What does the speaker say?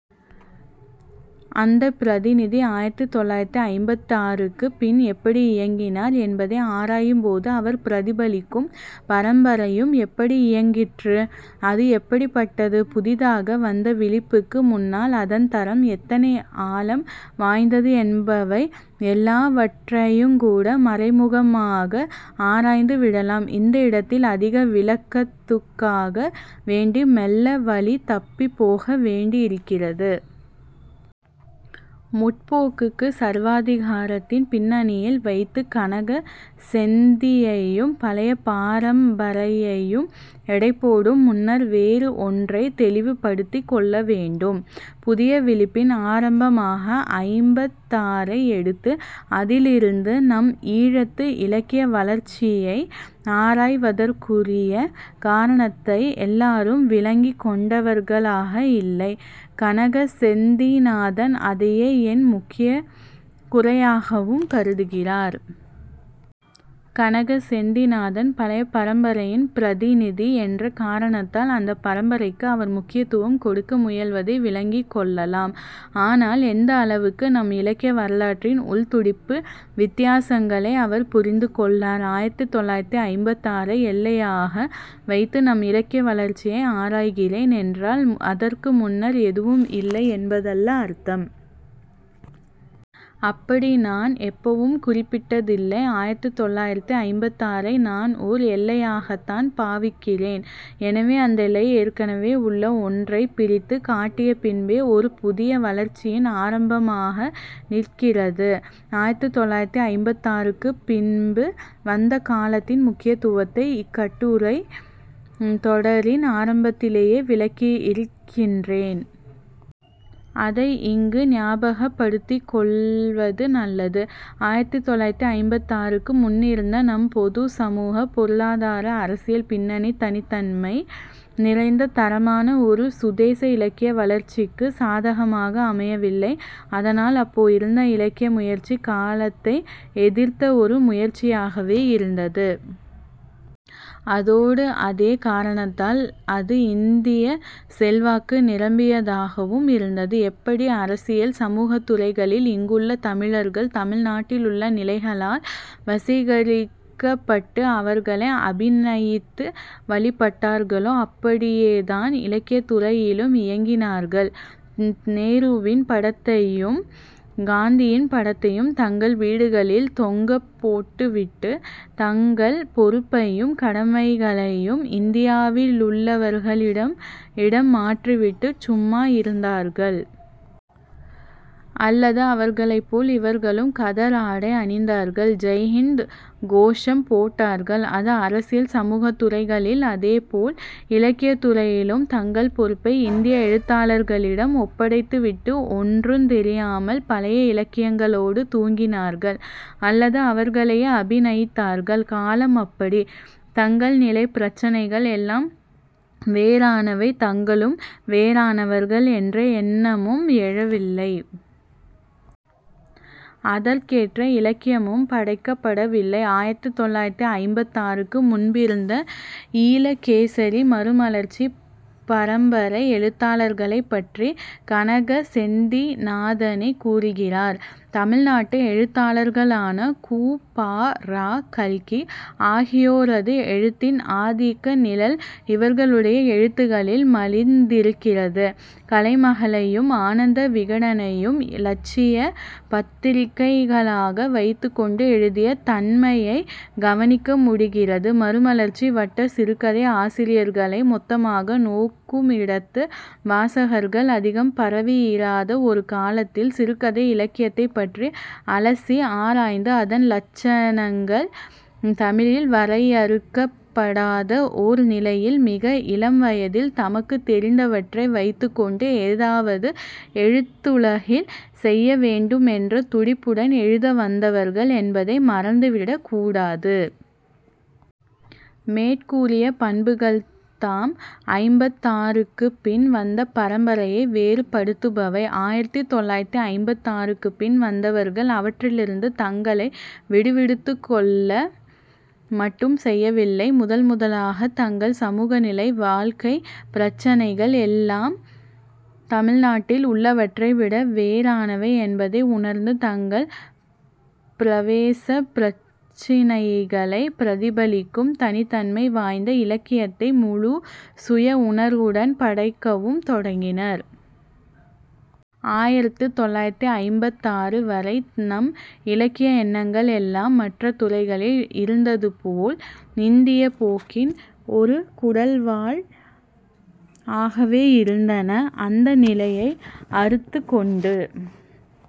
அந்தப் பிரதிநிதி ஆயிரத்து தொள்ளாயிரத்து ஐம்பத்தாறுக்குப் பின் எப்படி இயங்கினார் என்பதை ஆராயும்போது அவர் பிரதிபலிக்கும் பரம்பரையும் எப்படி இயங்கிற்று, அது எப்படிப்பட்டது, புதிதாக வந்த விழிப்புக்கு முன்னால் அதன் தரம் எத்தனை ஆழம் வாய்ந்தது என்பவை எல்லாவற்றையுங்கூட மறைமுகமாக ஆராய்ந்துவிடலாம். இந்த இடத்தில் அதிக விளக்கத்துக்காக வேண்டி மெல்ல வழி தப்பிப் போகவேண்டியிருக்கிறது. 'முற்போக்கு'ச் சர்வாதிகாரத்தின் பின்னணியில் வைத்துக் கனக செந்தியையும் பழைய பரம்பரையையும் எடைபோடும் முன்னர் வேறு ஒன்றைத் தெளிவுபடுத்திக்கொள்ள வேண்டும். புதிய விழிப்பின் ஆரம்பமாக ஐம்பத்தாறை எடுத்து அதிலிருந்து நம் ஈழத்து இலக்கிய வளர்ச்சியை ஆராய்வதற்குரிய காரணத்தை எல்லாரும் விளங்கிக்கொண்டவர்களாக இல்லை. கனக செந்திநாதன் அதையே என் முக்கியக் குறையாகவும் கருதுகிறார். கனக செந்திநாதன் பழைய பரம்பரையின் பிரதிநிதி என்ற காரணத்தால் அந்தப் பரம்பரைக்கு அவர் முக்கியத்துவம் கொடுக்க முயல்வதை விளங்கிக்கொள்ளலாம். ஆனால் எந்தளவுக்கு நம் இலக்கிய வரலாற்றின் உள்துடிப்பு வித்தியாசங்களை அவர் புரிந்துகொள்ளார். ஆயிரத்து தொள்ளாயிரத்து ஐம்பத்தாறை எல்லையாக வைத்து நம் இலக்கிய வளர்ச்சியை ஆராய்கிறேன் என்றால் அதற்கு முன்னர் எதுவும் இல்லை என்பதல்ல அர்த்தம். அப்படி நான் எப்பவும் குறிப்பிட்டதில்லை. ஆயிரத்து தொள்ளாயிரத்து ஐம்பத்தாறை நான் ஓர் எல்லையாகத்தான் பாவிக்கிறேன். எனவே, அந்த எல்லை ஏற்கனவே உள்ள ஒன்றைப் பிரித்துக் காட்டிய பின்பே ஒரு புதிய வளர்ச்சியின் ஆரம்பமாக நிற்கிறது. ஆயிரத்து தொள்ளாயிரத்து ஐம்பத்தாறுக்குப் பின்பு வந்த காலத்தின் முக்கியத்துவத்தை இக்கட்டுரைத் தொடரின் ஆரம்பத்திலேயே விளக்கியிருக்கின்றேன். அதை இங்கு ஞாபகப்படுத்திக்கொள்வது நல்லது. ஆயிரத்து தொள்ளாயிரத்து ஐம்பத்தாறுக்கு முன்னிருந்த நம் பொதுச் சமூக, பொருளாதார, அரசியல் பின்னணி தனித்தன்மை நிறைந்த தரமான ஒரு சுதேச இலக்கிய வளர்ச்சிக்குச் சாதகமாக அமையவில்லை. அதனால் அப்போ இருந்த இலக்கிய முயற்சி காலத்தை எதிர்த்த ஒரு முயற்சியாகவே இருந்தது. அதோடு அதே காரணத்தால் அது இந்தியச் செல்வாக்கு நிரம்பியதாகவும் இருந்தது. எப்படி அரசியல் சமூகத்துறைகளில் இங்குள்ள தமிழர்கள் தமிழ்நாட்டிலுள்ள நிலைகளால் வசீகரிக்கப்பட்டு அவர்களை அபிநயித்து வழிபட்டார்களோ அப்படியேதான் இலக்கியத்துறையிலும் இயங்கினார்கள். நேருவின் படத்தையும் காந்தியின் படத்தையும் தங்கள் வீடுகளில் தொங்கப்போட்டுவிட்டு, தங்கள் பொறுப்பையும் கடமைகளையும் இந்தியாவிலுள்ளவர்களிடம் இடம் மாற்றிவிட்டு சும்மா இருந்தார்கள். அல்லது அவர்களைப்போல் இவர்களும் கதர் ஆடை அணிந்தார்கள். 'ஜெய் ஹிந்த்' கோசம் போட்டார்கள். அது அரசியல் சமூகத்துறைகளில். அதேபோல் இலக்கியத்துறையிலும் தங்கள் பொறுப்பை இந்திய எழுத்தாளர்களிடம் ஒப்படைத்துவிட்டு ஒன்றுந் தெரியாமல் பழைய இலக்கியங்களோடு தூங்கினார்கள் அல்லது அவர்களையே அபிநயித்தார்கள். காலம் அப்படி. தங்கள் நிலை, பிரச்சினைகள் எல்லாம் வேறானவை, தாங்களும் வேறானவர்கள் என்ற எண்ணமும் எழவில்லை. அதற்கேற்ற இலக்கியமும் படைக்கப்படவில்லை. ஆயிரத்து தொள்ளாயிரத்து ஐம்பத்தாறுக்கு முன்பிருந்த ஈழகேசரி, மறுமலர்ச்சிப் பரம்பரை எழுத்தாளர்களைப்பற்றி கனக செந்திநாதனே கூறுகிறார். தமிழ்நாட்டு எழுத்தாளர்களான கு. ப. ரா. 'கல்கி' ஆகியோரது எழுத்தின் ஆதிக்க நிழல் இவர்களுடைய எழுத்துகளில் மலிந்திருக்கிறது. 'கலைமகளை'யும் 'ஆனந்தவிகடனை'யும் இலட்சியப் பத்திரிகைகளாக வைத்துக்கொண்டு எழுதிய தன்மையைக் கவனிக்க முடிகிறது மறுமலர்ச்சி வட்டச் சிறுகதை ஆசிரியர்களை மொத்தமாக நோக்குமிடத்து வாசகர்கள் அதிகம் பரவியிராத ஒரு காலத்தில், சிறுகதை இலக்கியத்தைப்பற்றி அலசி ஆராய்ந்து அதன் இலட்சணங்கள் தமிழில் வரையறுக்கப்படாத ஒரு நிலையில், மிக இளம்வயதில் தமக்குத் தெரிந்தவற்றை வைத்துக்கொண்டு, ஏதாவது எழுத்துலகில் செய்யவேண்டுமென்ற துடிப்புடன் எழுத வந்தவர்கள் என்பதை மறந்துவிடக் கூடாது. மேற்கூறிய பண்புகள்தாம் ஐம்பத்தாறுக்குப் பின் வந்த பரம்பரையை வேறுபடுத்துபவை. ஆயிரத்து தொள்ளாயிரத்து ஐம்பத்தாறுக்குப் பின் வந்தவர்கள் அவற்றிலிருந்து தங்களை விடுவித்துக்கொள்ள மட்டும் செய்யவில்லை; முதல் முதலாகத் தங்கள் சமூகநிலை, வாழ்க்கை, பிரச்சினைகள் எல்லாம் தமிழ்நாட்டில் உள்ளவற்றை விட வேறானவை என்பதை உணர்ந்து தங்கள் பிரவேசப் பிரச்சினைகளைப் பிரதிபலிக்கும் தனித்தன்மை வாய்ந்த இலக்கியத்தை முழுச் சுயஉணர்வுடன் படைக்கவும் தொடங்கினர். ஆயிரத்து தொள்ளாயிரத்து ஐம்பத்தாறு வரை நம் இலக்கிய எண்ணங்கள் எல்லாம் மற்ற துறைகளில் இருந்ததுபோல் இந்தியப் போக்கின் ஒரு குடல்வால் ஆகவே இருந்தன. அந்த நிலையை அறுத்துக்கொண்டு